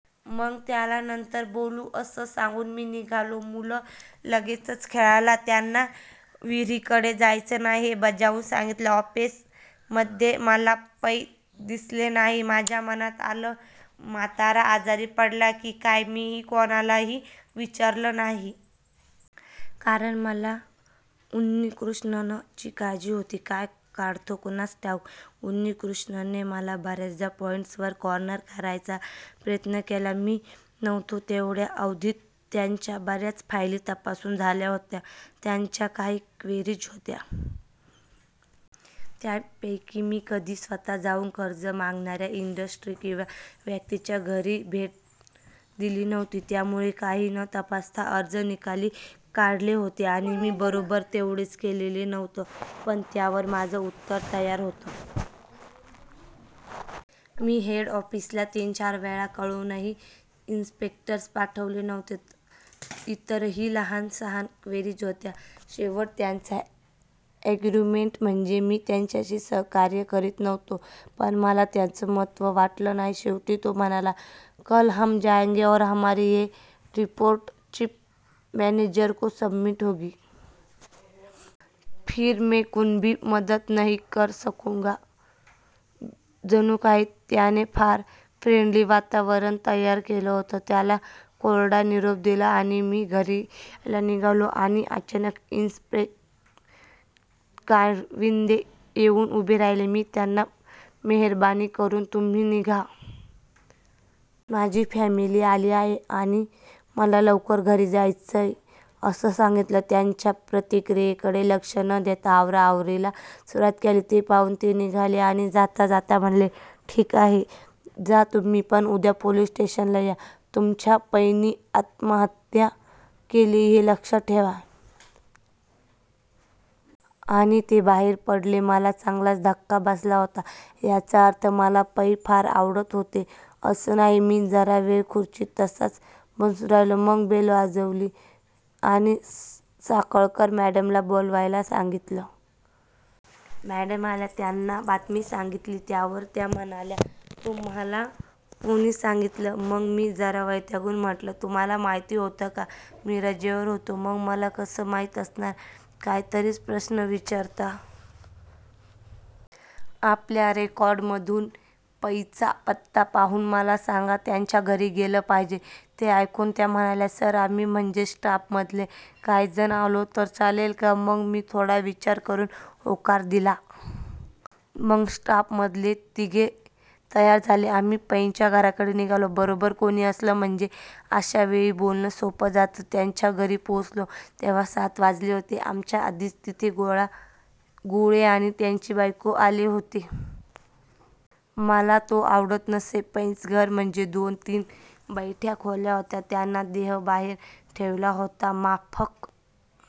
मग त्याला नंतर बोलू असं सांगून मी निघालो. मुलं लगेचंच खेळायला. त्यांना विहीरीकडे जायचं नाही हे बजावून सांगितलं. ऑफिसमध्ये मला पै दिसले नाही. माझ्या मनात आलं, म्हातारा आजारी पडला की काय? मीही कोणालाही विचारलं नाही. कारण मला उन्नीकृष्णन ची काळजी होती. काय काढतो कोणास ठाऊक? उन्नीकृष्णनने मला बऱ्याच पॉईंट्स वर कॉर्नर करायचा प्रयत्न केला. मी नव्हतो तेवढ्या अवधीत त्यांच्या बऱ्याच फायली तपासून झाल्या होत्या. त्यांच्या काही क्वेरीज होत्या. त्यापैकी मी कधी स्वतः जाऊन कर्ज मागणाऱ्या इंडस्ट्री किंवा व्यक्तीच्या घरी भेट दिली नव्हती. त्यामुळे काहीही न तपासता अर्ज निकाली काढले होते. आणि मी बरोबर तेवढंच केलेलं नव्हतं. पण त्यावर माझं उत्तर तयार होतं. मी हेडऑफिसला तीनचार वेळा कळवूनही इन्स्पेक्टर्स पाठवले नव्हते. इतरही लहान सहान क्वेरिज होत्या. शेवटचं त्यांचं अर्ग्यूमेंट म्हणजे मी त्याच्याशी सहकार्य करीत नव्हतो. पण मला त्याचं महत्व वाटलं नाही. शेवटी तो म्हणाला," कल हम जायेंगे और हमारी ये रिपोर्ट चीफ मॅनेजर को सबमिट होगी. फिर मैं कुणबी मदत नहीं कर सकूंगा" जणूकाही त्याने फार फ्रेंडली वातावरण तयार केलं होतं. त्याला कोरडा निरोप दिला आणि मी घरी यायला निघालो. आणि अचानक इन्स्पे. कानविंदे येऊन उभे राहिले. मी त्यांना मेहरबानी करुन तुम्ही निघा. माझी फॅमिली आली आहे आणि मला लवकर घरी जायचंय असं सांगितलं. त्यांच्या प्रतिक्रियेकडे लक्ष न देता आवराआवरीला सुरुवात केली. ते पाहून ते निघाले आणि जाता जाता म्हणाले," ठीक आहे, जा तुम्ही, पण उद्या पोलिस स्टेशनला या, तुमच्या पैंनी आत्महत्या केलिये हे लक्षात ठेवा. " आणि ते बाहेर पडले. मला चांगलाच धक्का बसला होता. याचा अर्थ मला पै फार आवडत होते असं नाही. मी जरा वेळ खुर्चीत तसाच बसून राहिलो. मग बेल वाजवली, आणि साखळकर मॅडमना बोलवायला सांगितलं. मॅडम आल्या. त्यांना बातमी सांगितली. त्यावर त्या म्हणाल्या," तुम्हाला कोणी सांगितलं? " मग मी जरा वैतागून म्हंटलं, " तुम्हाला माहिती होतं का? मी रजेवर होतो, मग मला कसं माहित असणार? काहीतरीच प्रश्न विचारता. आपल्या रेकॉर्ड मधून पैंचा पत्ता पाहून मला सांगा. त्यांच्या घरी गेलं पाहिजे. " ते ऐकून त्या म्हणाल्या," सर आम्ही, म्हणजे स्टाफमधले काही जण आलो तर चालेल का? " मग मी थोडा विचार करून होकार दिला. मग स्टाफमधले तिघे तयार झाले. आम्ही पैंच्या घराकडे निघालो. बरोबर कोणी असलं म्हणजे अशा वेळी बोलणं सोपं जातं. त्यांच्या घरी पोहोचलो, तेव्हा सात वाजले होते. आमच्या आधीच तिथे गोळे आणि त्याची बायको आले होते. मला तो आवडत नसे. पैंचं घर म्हणजे दोन तीन बैठ्या खोल्या होत्या. त्यांचा देह बाहेर ठेवला होता माफक